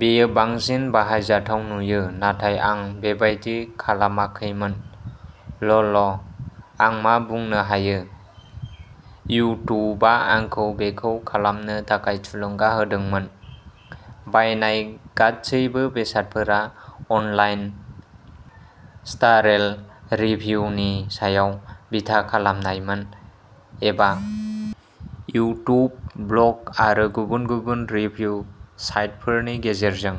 बेयो बांसिन बाहायजाथाव नुयो, नाथाय आं बेबायदि खालामाखैमोन, ल'ल। आं मा बुंनो हायो? इउट्युबा आंखौ बेखौ खालामनो थाखाय थुलुंगा होदोंमोन। बायनाय गासैबो बेसादफोरा अनलाइन स्टारेल रिभिउनि सायाव बिथा खालामनायमोन, एबा इउट्युब, ब्लग आरो गुबुन गुबुन रिभिउ साइटफोरनि गेजेरजों।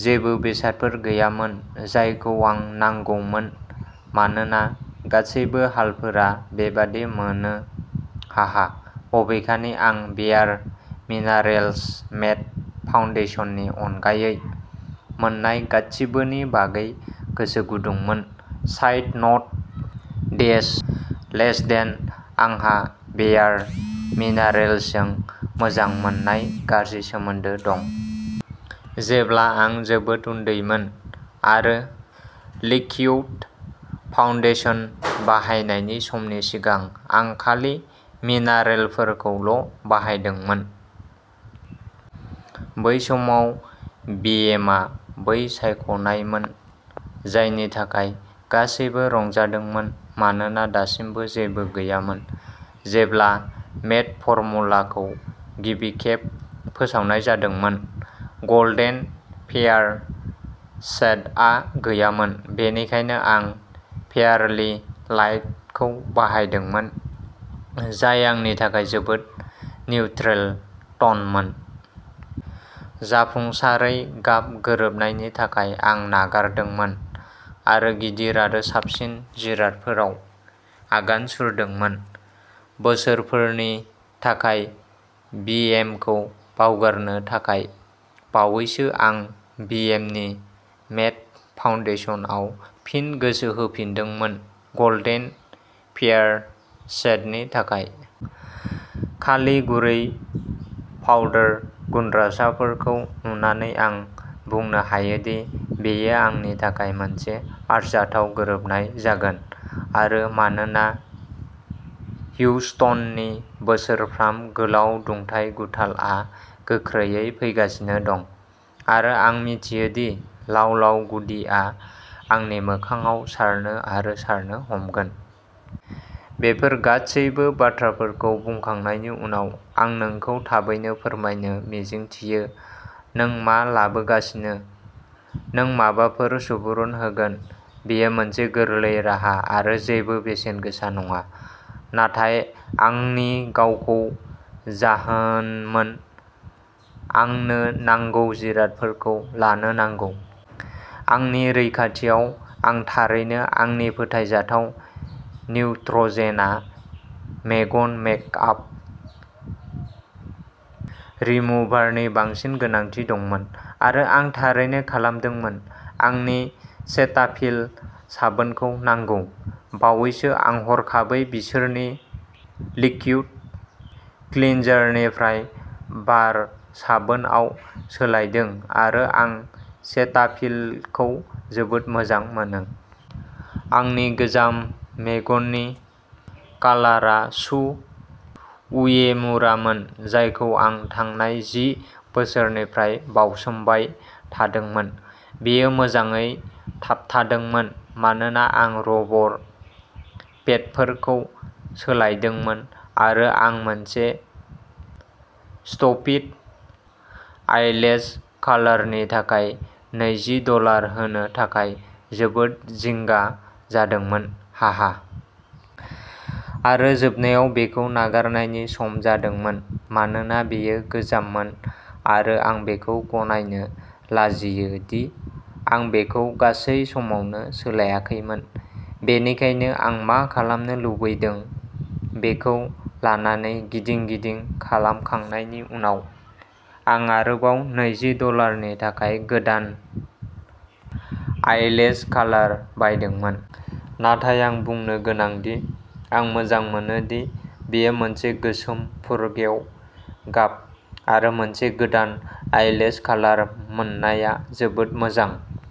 जेबो बेसादफोर गैयामोन जायखौ आं नांगौमोन-मानोना गासैबो हालफोरा बेबादि मोनो, हाहा। बबेखानि, आं बेयार मिनारेल्स मेट फाउन्डेशननि अनगायै मोन्नाय गासिबोनि बागै गोसोगुदुंमोन। साइड न'ट देस लेसदेन आंहा बेयार मिनारेल्सजों मोजां मोननाय गाज्रि सोमोन्दो दं। जेब्ला आं जोबोद उन्दैमोन, आरो लिक्विड फाउन्डेसन बाहायनायनि समनि सिगां, आं खालि मिनारेलफोरखौल'बाहायदोंमोन। बै समाव, बिएमआ बै सायख'नायमोन जायनि थाखाय गासैबो रंजादोंमोन मानोना दासिमबो जेबो गैयामोन। जेब्ला मेट फर्मुलाखौ गिबि खेब फोसावनाय जादोंमोन, "गल्डेन फेयार" शेदआ गैयामोन, बेनिखायनो आं "फेयारलि लाइट" खौ बाहायदोंमोन जाय आंनि थाखाय जोबोद निउट्रेल-ट'नमोन। जाफुंसारै गाब गोरोबनायनि थाखाय, आं नागारदोंमोन। आरो गिदिर आरो साबसिन जिरादफोराव आगान सुरदोंमोन-बोसोरफोरनि थाखाय बि. एम. खौ बावगारनो थाखाय। बावैसो, आं बि. एम. नि मेट फाउन्डेशनआव फिन गोसो होफिनदोंमोन "गल्डेन फेयार" शेडनि थाखाय। खालि गुरै पाउडार गुनद्रासाफोरखौ नुनानै आं बुंनो हायोदि बेयो आंनि थाखाय मोनसे आरजाथाव गोरोबनाय जागोन। आरो, मानोना हिउस्टननि बोसोरफ्राम गोलाव दुंथाइ गुथालआ गोख्रैयै फैगासिनो दं, आरो आं मिथियो दि लाव-लाव गुदिआ आंनि मोखांआव सारनो आरो सारनो हमगोन। बेफोर गासैबो बाथ्राफोरखौ बुंखांनायनि उनाव, आं नोंखौ थाबैनो फोरमायनो मिजिंथियो। नों मा लाबोगासिनो? नों माबाफोर सुबुरुन होगोन? बेयो मोनसे गोरलै राहा आरो जेबो बेसेन गोसा नङा। नाथाय आंनि गावखौ जाहोनमोनः आंनो नांगौ जिरादफोरखौ लानो नांगौ। आंनि रैखाथियाव, आं थारैनो आंनि फोथायजाथाव निउट्र'जेना मेगन मेकआप रिमुभारनि बांसिन गोनांथि दंमोन आरो आं थारैनो खालामदोंमोन। आंनि सेटाफिल साबोनखौ नांगौ। बावैसो, आं हरखाबै बिसोरनि लिक्विड क्लिनजारनिफ्राय बार साबोनआव सोलायदों आरो आं सेटाफिलखौ जोबोद मोजां मोनो। आंनि गोजाम मेगननि कार्लारा शु उएमुरामोन-जायखौ आं थांनाय जि बोसोरनिफ्राय बावसोमबाय थादोंमोन। बेयो मोजाङै थाबथादोंमोन मानोना आं रबर पेडफोरखौ सोलायदोंमोन आरो आं मोनसे स्टुपिड आइलेस कार्लारनि थाखाय नैजि डलार होनो थाखाय जोबोद जिंगा जादोंमोन, हाहा। आरो जोबनायाव, बेखौ नागारनायनि सम जादोंमोन मानोना बेयो गोजाममोन आरो आं बेखौ गनायनो लाजियो दि आं बेखौ गासै समावनो सोलायाखैमोन। बेनिखायनो आं मा खालामनो लुबैदों बेखौ लानानै गिदिं-गिदिं खालामखांनायनि उनाव, आं आरोबाव नैजि डलारनि थाखाय गोदान आइलेस कार्लार बायदोंमोन। नाथाय आं बुंनो गोनां दि आं मोजां मोनो दि बेयो मोनसे गोसोम फुरगेव गाब; आरो मोनसे गोदान आइलेस कालार मोननाया जोबोद मोजां।